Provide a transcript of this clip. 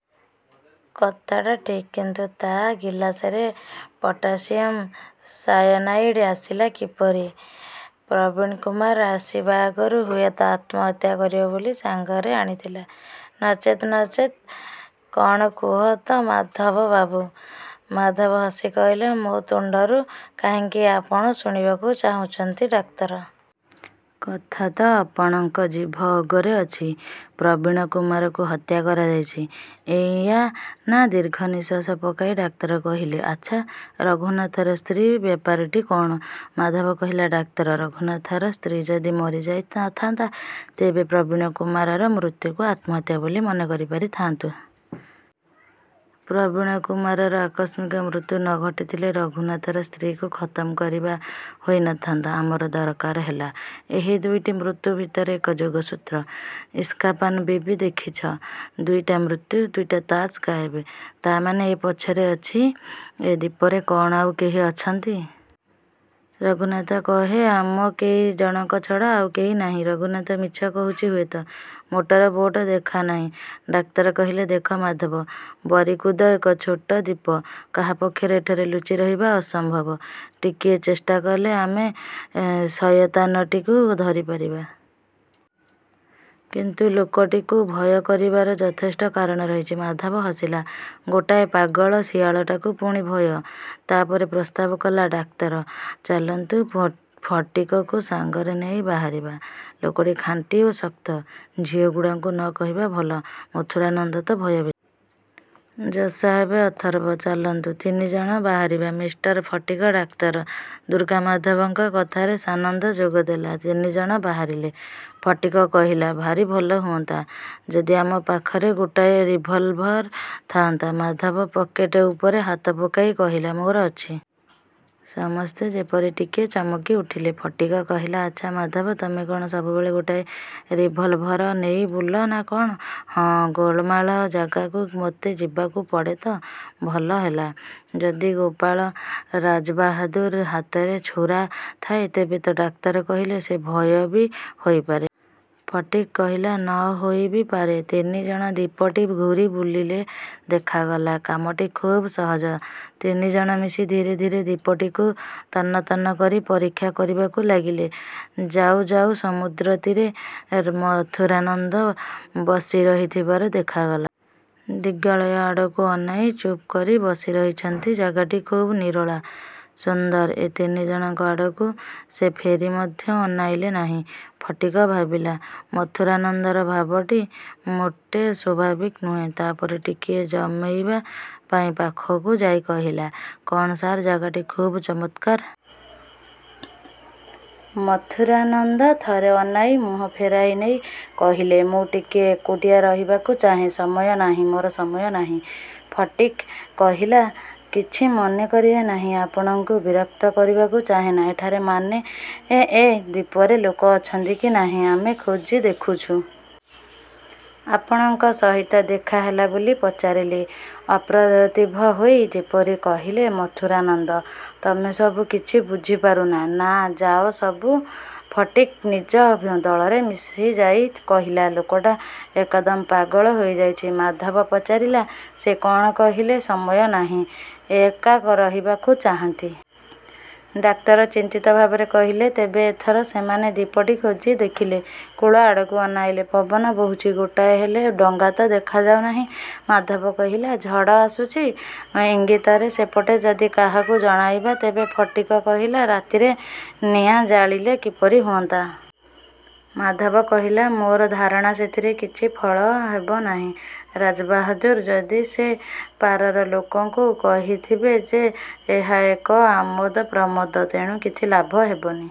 କଥାଟା ଠିକ୍ କିନ୍ତୁ ତା ଗିଲାସରେ ପଟାସିୟମ୍ ସାୟନାଇଡ୍ ଆସିଲା କିପରି? ପ୍ରବୀଣକୁମାର ଆସିବା ଆଗରୁ ହୁଏତ ଆତ୍ମହତ୍ୟା କରିବ ବୋଲି ସାଙ୍ଗରେ ଆଣିଥିଲା ନଚେତ୍ ନଚେତ୍ କଣ କୁହ ତ ମାଧବବାବୁ? ମାଧବ ହସି କହିଲା ମୋ ତୁଣ୍ଡରୁ କାହିଁକି ଆପଣ ଶୁଣିବାକୁ ଚାହୁଁଛନ୍ତି ଡାକ୍ତର? କଥା ତ ଆପଣଙ୍କ ଜିଭ ଅଗରେ ଅଛି। ପ୍ରବୀଣକୁମାରକୁ ହତ୍ୟା କରାଯାଇଛି ଏଇଆ ନା? ଦୀର୍ଘ ନିଶ୍ୱାସ ପକାଇ ଡାକ୍ତର କହିଲେ ଆଚ୍ଛା ରଘୁନାଥର ସ୍ତ୍ରୀ ବ୍ୟାପାରଟି କଣ? ମାଧବ କହିଲା ଡାକ୍ତର ରଘୁନାଥର ସ୍ତ୍ରୀ ଯଦି ମରିଯାଇ ନ ଥାନ୍ତା ତେବେ ପ୍ରବୀଣକୁମାରର ମୃତ୍ୟୁକୁ ଆତ୍ମହତ୍ୟା ବୋଲି ମନେକରିପାରିଥାନ୍ତୁ। ପ୍ରବୀଣକୁମାରର ଆକସ୍ମିକ ମୃତ୍ୟୁ ନ ଘଟିଥିଲେ ରଘୁନାଥର ସ୍ତ୍ରୀକୁ ଖତମ କରିବା ହୋଇ ନ ଥାନ୍ତା। ଆମର ଦରକାର ହେଲା ଏହି ଦୁଇଟି ମୃତ୍ୟୁ ଭିତରେ ଏକ ଯୋଗସୂତ୍ର। ଇସ୍କାପାନ ବିବି ଦେଖିଛ। ଦୁଇଟା ମୃତ୍ୟୁ, ଦୁଇଟା ତାସ୍ ଗାଏବ। ତା ମାନେ ଏ ପଛରେ ଅଛି, ଏ ଦ୍ଵୀପରେ କଣ ଆଉ କେହି ଅଛନ୍ତି? ରଘୁନାଥ କହେ ଆମ କେଇ ଜଣଙ୍କ ଛଡ଼ା ଆଉ କେହି ନାହିଁ। ରଘୁନାଥ ମିଛ କହୁଛି ହୁଏତ ମୋଟର ବୋଟ ଦେଖା ନାହିଁ। ଡାକ୍ତର କହିଲେ ଦେଖ ମାଧବ, ବରିକୁଦ ଏକ ଛୋଟ ଦ୍ଵୀପ। କାହା ପକ୍ଷରେ ଏଠାରେ ଲୁଚିରହିବା ଅସମ୍ଭବ। ଟିକିଏ ଚେଷ୍ଟା କଲେ ଆମେ ଏ ଶୟତାନଟିକୁ ଧରିପାରିବା। କିନ୍ତୁ ଲୋକଟିକୁ ଭୟ କରିବାର ଯଥେଷ୍ଟ କାରଣ ରହିଛି। ମାଧବ ହସିଲା ଗୋଟାଏ ପାଗଳ ଶିଆଳଟାକୁ ପୁଣି ଭୟ। ତା ପରେ ପ୍ରସ୍ତାବ କଲା ଡାକ୍ତର ଚାଲନ୍ତୁ ଫଟିକକୁ ସାଙ୍ଗରେ ନେଇ ବାହାରିବା। ଲୋକଟି ଖାଣ୍ଟି ଓ ଶକ୍ତ। ଝିଅଗୁଡ଼ାଙ୍କୁ ନ କହିବା ଭଲ, ମଥୁରାନନ୍ଦ ତ ଭୟଭୀତ। ଜଜ୍ ସାହେବ ଅଥର୍ବ। ଚାଲନ୍ତୁ ତିନି ଜଣ ବାହାରିବା। ମିଷ୍ଟର ଫଟିକ୍ ଡାକ୍ତର ଦୁର୍ଗାମାଧବଙ୍କ କଥାରେ ସାନନ୍ଦ ଯୋଗ ଦେଲା ତିନି ଜଣ ବାହାରିଲେ। ଫଟିକ୍ କହିଲା ଭାରି ଭଲ ହୁଅନ୍ତା ଯଦି ଆମ ପାଖରେ ଗୋଟାଏ ରିଭଲଭର ଥାନ୍ତା। ମାଧବ ପକେଟ ଉପରେ ହାତ ପକାଇ କହିଲା ମୋର ଅଛି। ସମସ୍ତେ ଯେପରି ଟିକିଏ ଚମକିଉଠିଲେ। ଫଟିକ୍ କହିଲା ଆଚ୍ଛା ମାଧବ ତମେ କଣ ସବୁବେଳେ ଗୋଟାଏ ରିଭଲଭର ନେଇ ବୁଲ ନା କଣ? ହଁ ଗୋଳମାଳ ଜାଗାକୁ ମୋତେ ଯିବାକୁ ପଡ଼େ ତ ଭଲ ହେଲା। ଯଦି ପାଗଳ ରାଜାବାହାଦୁର ହାତରେ ଛୁରା ଥାଏ ତେବେ ତ ଡାକ୍ତର କହିଲେ ସେ ଭୟ ବି ହୋଇପାରେ। ଫଟିକ୍ କହିଲା ନ ହୋଇ ବି ପାରେ। ତିନି ଜଣ ଦ୍ଵୀପଟି ଘୂରି ବୁଲିଲେ। ଦେଖାଗଲା କାମଟି ଖୁବ୍ ସହଜ। ତିନି ଜଣ ମିଶି ଧୀରେ ଧୀରେ ଦ୍ଵୀପଟିକୁ ତନ୍ନ ତନ୍ନ କରି ପରୀକ୍ଷା କରିବାକୁ ଲାଗିଲେ। ଯାଉ ଯାଉ ସମୁଦ୍ରତୀରେ ମଥୁରାନନ୍ଦ ବସିରହିଥିବାର ଦେଖାଗଲା। ଦିଗ୍ବଳୟ ଆଡ଼କୁ ଅନାଇ ଚୁପକରି ବସିରହିଛନ୍ତି। ଜାଗାଟି ଖୁବ୍ ନିରୋଳା ସୁନ୍ଦର। ଏ ତିନି ଜଣଙ୍କ ଆଡ଼କୁ ସେ ଫେରି ମଧ୍ୟ ଅନାଇଲେ ନାହିଁ। ଫଟିକ୍ ଭାବିଲା ମଥୁରାନନ୍ଦର ଭାବଟି ମୋଟେ ସ୍ଵାଭାବିକ ନୁହେଁ। ତା ପରେ ଟିକିଏ ଜମେଇବା ପାଇଁ ପାଖକୁ ଯାଇ କହିଲା କଣ ସାର୍ ଜାଗାଟି ଖୁବ୍ ଚମତ୍କାର। ମଥୁରାନନ୍ଦ ଥରେ ଅନାଇ ମୁହଁ ଫେରାଇନେଇ କହିଲେ ମୁଁ ଟିକିଏ ଏକୁଟିଆ ରହିବାକୁ ଚାହେଁ। ସମୟ ନାହିଁ। ମୋର ସମୟ ନାହିଁ। ଫଟିକ୍ କହିଲା କିଛି ମନେ କରିବେ ନାହିଁ। ଆପଣଙ୍କୁ ବିରକ୍ତ କରିବାକୁ ଚାହେଁନା। ଏଠାରେ ମାନେ ଏ ଦ୍ଵୀପରେ ଲୋକ ଅଛନ୍ତି କି ନାହିଁ ଆମେ ଖୋଜି ଦେଖୁଛୁ। ଆପଣଙ୍କ ସହିତ ଦେଖା ହେଲା ବୋଲି ପଚାରିଲି। ଅପ୍ରତିଭ ହୋଇ ଯେପରି କହିଲେ ମଥୁରାନନ୍ଦ ତମେସବୁ କିଛି ବୁଝିପାରୁନା ନା ଯାଅ ସବୁ। ଫଟିକ୍ ନିଜ ଦଳରେ ମିଶିଯାଇ କହିଲା ଲୋକଟା ଏକଦମ ପାଗଳ ହୋଇଯାଇଛି। ମାଧବ ପଚାରିଲା ସେ କଣ କହିଲେ? ସମୟ ନାହିଁ ଏକା ରହିବାକୁ ଚାହାନ୍ତି। ଡାକ୍ତର ଚିନ୍ତିତ ଭାବରେ କହିଲେ ତେବେ ଏଥର ସେମାନେ ଦ୍ଵୀପଟି ଖୋଜି ଦେଖିଲେ। କୂଳ ଆଡ଼କୁ ଅନାଇଲେ। ପବନ ବହୁଛି, ଗୋଟାଏ ହେଲେ ଡଙ୍ଗା ତ ଦେଖାଯାଉନାହିଁ ମାଧବ କହିଲା ଝଡ଼ ଆସୁଛି। ଇଙ୍ଗିତରେ ସେପଟେ ଯଦି କାହାକୁ ଜଣାଇବା ତେବେ ଫଟିକ୍ କହିଲା ରାତିରେ ନିଆଁ ଜାଳିଲେ କିପରି ହୁଅନ୍ତା? ମାଧବ କହିଲା ମୋର ଧାରଣା ସେଥିରେ କିଛି ଫଳ ହେବ ନାହିଁ। ରାଜାବାହାଦୁର ଯଦି ସେ ପାରର ଲୋକଙ୍କୁ କହିଥିବେ ଯେ ଏହା ଏକ ଆମୋଦପ୍ରମୋଦ ତେଣୁ କିଛି ଲାଭ ହେବନି।